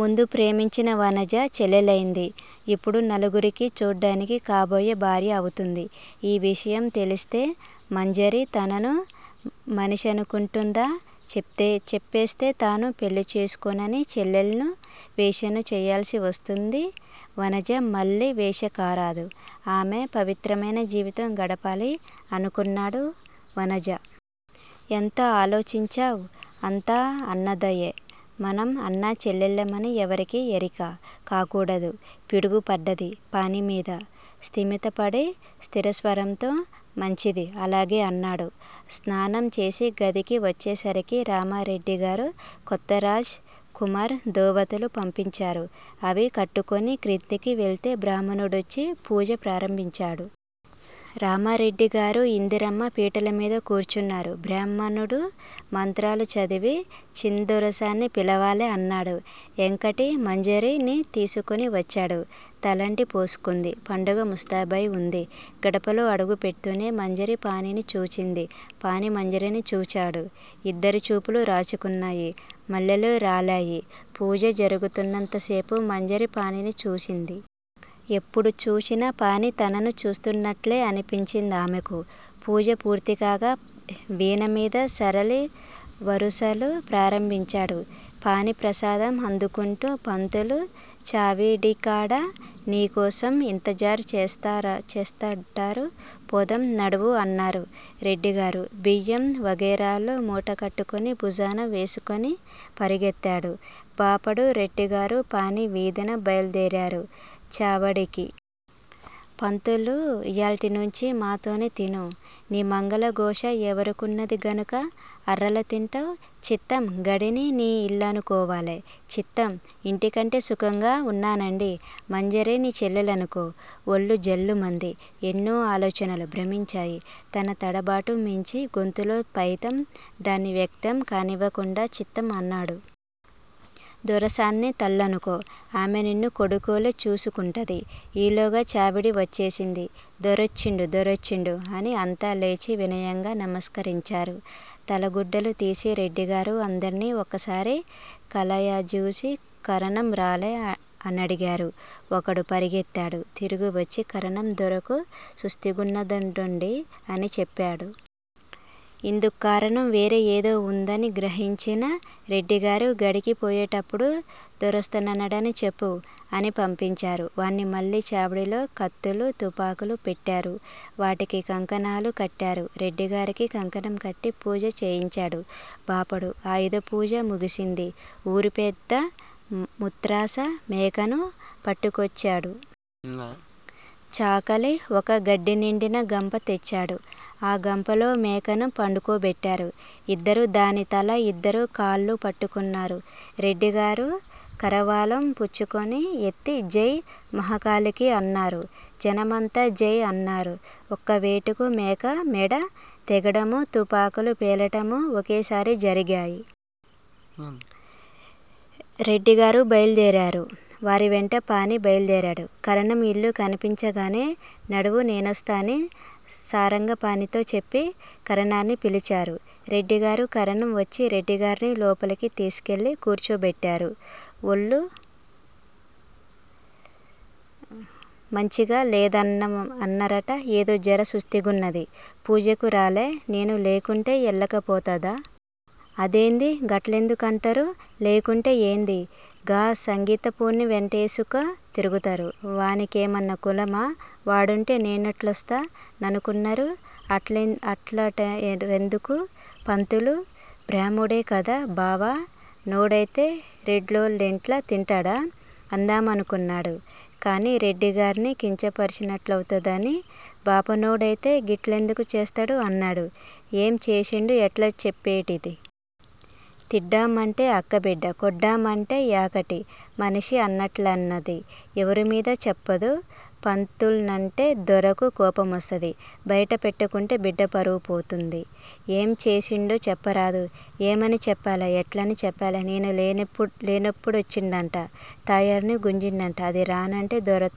ముందు ప్రేమించిన వనజ చెల్లెలైంది. ఇప్పుడు నలుగురికీ చూడ్డానికి కాబోయే భార్య అవుతుంది. ఈ విషయం తెలుస్తే మంజరి తనను మనిషనుకుంటుందా? చెప్తే చెప్పేస్తే తాను పెళ్ళి చేసుకోనని! చెల్లెల్ను వేశ్యను చేయాల్సివస్తుంది. వనజ మళ్ళీ వేశ్య కారాదు. ఆమె పవిత్రమైన జీవితం గడపాలి అనుకున్నాడు. వనజ! ఎంత ఆలోచించావ్? అంతా అన్నదయే. మనం అన్నా, చెల్లెళ్ళమని ఎవ్వరికి ఎరిక కాకూడదు. పిడుగు పడ్డది పాణిమీద. స్తిమితపడి స్థిరస్వరంతో, మంచిది, అలాగే అన్నాడు. స్నానం చేసి గదికి వచ్చేసరికి రామారెడ్డిగారు కొత్త రాజ్ కుమార్ ధోవతులు పంపించారు. అవి కట్టుకొని క్రిందికి వెళ్తే బ్రాహ్మణుడొచ్చి పూజ ప్రారంభించాడు. రామారెడ్డిగారు. ఇందిరమ్మ పీటలమీద కూర్చున్నారు. బ్రాహ్మడు మంత్రాలుచదివి చిందొరసాన్ని పిలవాలె అన్నాడు. ఎంకటి మంజరిని తీసుకొని వచ్చాడు. తలంటి పోసుకుంది. పండుగ ముస్తాబయి ఉంది. గడపలో అడుగు పెడ్తూనే మంజరి పాణిని చూచింది. పాణి మంజరిని చూచాడు. ఇద్దరి చూపులు రాచుకున్నాయి. మల్లెలు రాలాయి. పూజ జరుగుతున్నంతసేపూ మంజరి పాణిని చూసింది. ఎప్పుడు చూచినా పాణి తనను చూస్తునట్లే అనిపించిందామెకు. పూజ పూర్తికాగా వీణమీద సరళి వరుసలు ప్రారంభించాడు పాణి. ప్రసాదం అందుకుంటూ పంతులూ! చావిడికాడ నీకోసం ఇంతజార్ చేస్తారా చేస్తాంటరు, పోదం నడువు అన్నారు రెడ్డిగారు. బియ్యం వగైరాలు మూటకట్టుకొని భుజాన వేసుకొని పెరిగెత్తాడు బాపడు. రెడ్డిగారూ, పాణి వీధిన బయల్దేరారు చావడికి. పంతులూ! ఇయాల్టినుంచి మాతోనే తిను. నీ మంగల గోషా ఎవరికున్నది గనుక అర్రల తింటవ్? చిత్తం. గడీని నీ ఇల్లనుకోవాలె. చిత్తం. ఇంటికంటే సుఖంగా ఉన్నానండీ! మంజరి నీ చెల్లెలనుకో ఒళ్ళు జల్లుమంది. ఎన్నో ఆలోచనలు భ్రమించాయి. తన తడబాటు మించి, గొంతులో పైతం దాన్ని వ్యక్తం కానివ్వకుండా 'చిత్తం' అన్నాడు. దొరసాన్ని తల్లనుకో. ఆమె నిన్ను కొడుకోలే చూసుకుంటది. ఈలోగా చావిడి వచ్చేసింది. దొరొచ్చిండు. దొరొచ్చిండు అని అంతా లేచి వినయంగా నమస్కరించారు, తలగుడ్డలు తీసి. రెడ్డిగారు అందర్నీ ఒక్కసారి కలయజూచి కరణం రాలే అనడిగారు. ఒకడు పరిగెత్తాడు. తిరిగివచ్చి కరణం దొరకు సుస్తిగున్నదన్నడుండి అని చెప్పాడు. ఇందుక్కారణం వేరే ఏదో ఉందని గ్రహించిన రెడ్డిగారు గడీకి పోయేటప్పుడు దొరొస్తనన్నడని చెప్పు అని పంపించారు వాణ్ని మళ్ళీ. చావిడిలో కత్తులూ, తుపాకులూ పెట్టారు. వాటికి కంకణాలు కట్టారు. రెడ్డిగారికి కంకణం కట్టి పూజ చేయించాడు బాపడు. ఆయుధపూజ ముగిసింది. ఊరిపెద్ద ముత్రాస మేకను పట్టుకొవచ్చాడు. చాకలి ఒక గడ్డినిండిన గంప తెచ్చాడు. ఆ గంపలో మేకను పండుకోబెట్టారు. ఇద్దరు దాని తల, ఇద్దరూ కాళ్ళూ పట్టుకున్నారు. రెడ్డిగారు కరవాలం పుచ్చుకొని యెత్తి జై మహాకాళికి అన్నారు. జనమంతా జై అన్నారు. ఒక్కవేటుకు మేక మెడ తెగడమూ, తుపాకులు పేలటమూ ఒకేసారి జరిగాయి. రెడ్డిగారు బైల్దేరారు. వారివెంట పాణి బైల్దేరాడు. కరణం ఇల్లు కనిపించగానే నడువు, నేనొస్త అని సారంగపాణితో చెప్పి కరణాన్ని పిలిచారు రెడ్డిగారు. కరణం వచ్చి రెడ్డిగార్ని లోపలికి తీసికెళ్ళి కూర్చోబెట్టారు. ఒళ్ళు మంచిగ లేదన్నరట? ఏదో జర సుస్తీగున్నది. పూజకు రాలే? నేను లేకుంటే ఎళ్ళకపోతదా? అదేంది. గట్లెందుకుకంటరు? లేకుంటే ఏంది? గా సంగీతపోన్ని ఎంటేసుక తిరుగుతారు. వానికేమన్న కులమా? వాడుంటే నేనెట్లొస్త ననుకున్నరు? అట్ల అట్లంట ఎందుకు? పంతులు బ్రాహ్మడే కద! 'బావ నోడైతే రెడ్డోళ్ళింట్ల తింటాడు? ' అందామనుకున్నాడు. కాని రెడ్డిగార్ని కించపర్చినట్లవుతదని బాపనోడైతే గిట్లెందుకు చేస్తడు! అన్నాడు. ఏం చేసిండు! ఎట్ల చెప్పేటిది? తిడ్డామంటే అక్కబిడ్డ, కొడ్దామంటే యాకటి మనిషి అన్నట్లున్నది. ఎవరిమీద చెప్పుదు? పంతుల్నంటే దొరకు కోపమొస్తది. బయట పెట్టుకుంటే బిడ్డ పరువు పోతుంది. ఏం చేసిండో చెప్పరాదు? ఏమని చెప్పాలే. ఎట్లని చెప్పాలే, నేను లేనప్పు లేనప్పుడొచ్చిండట. తాయార్ను గుంజిండంట. అది రానంటే దొర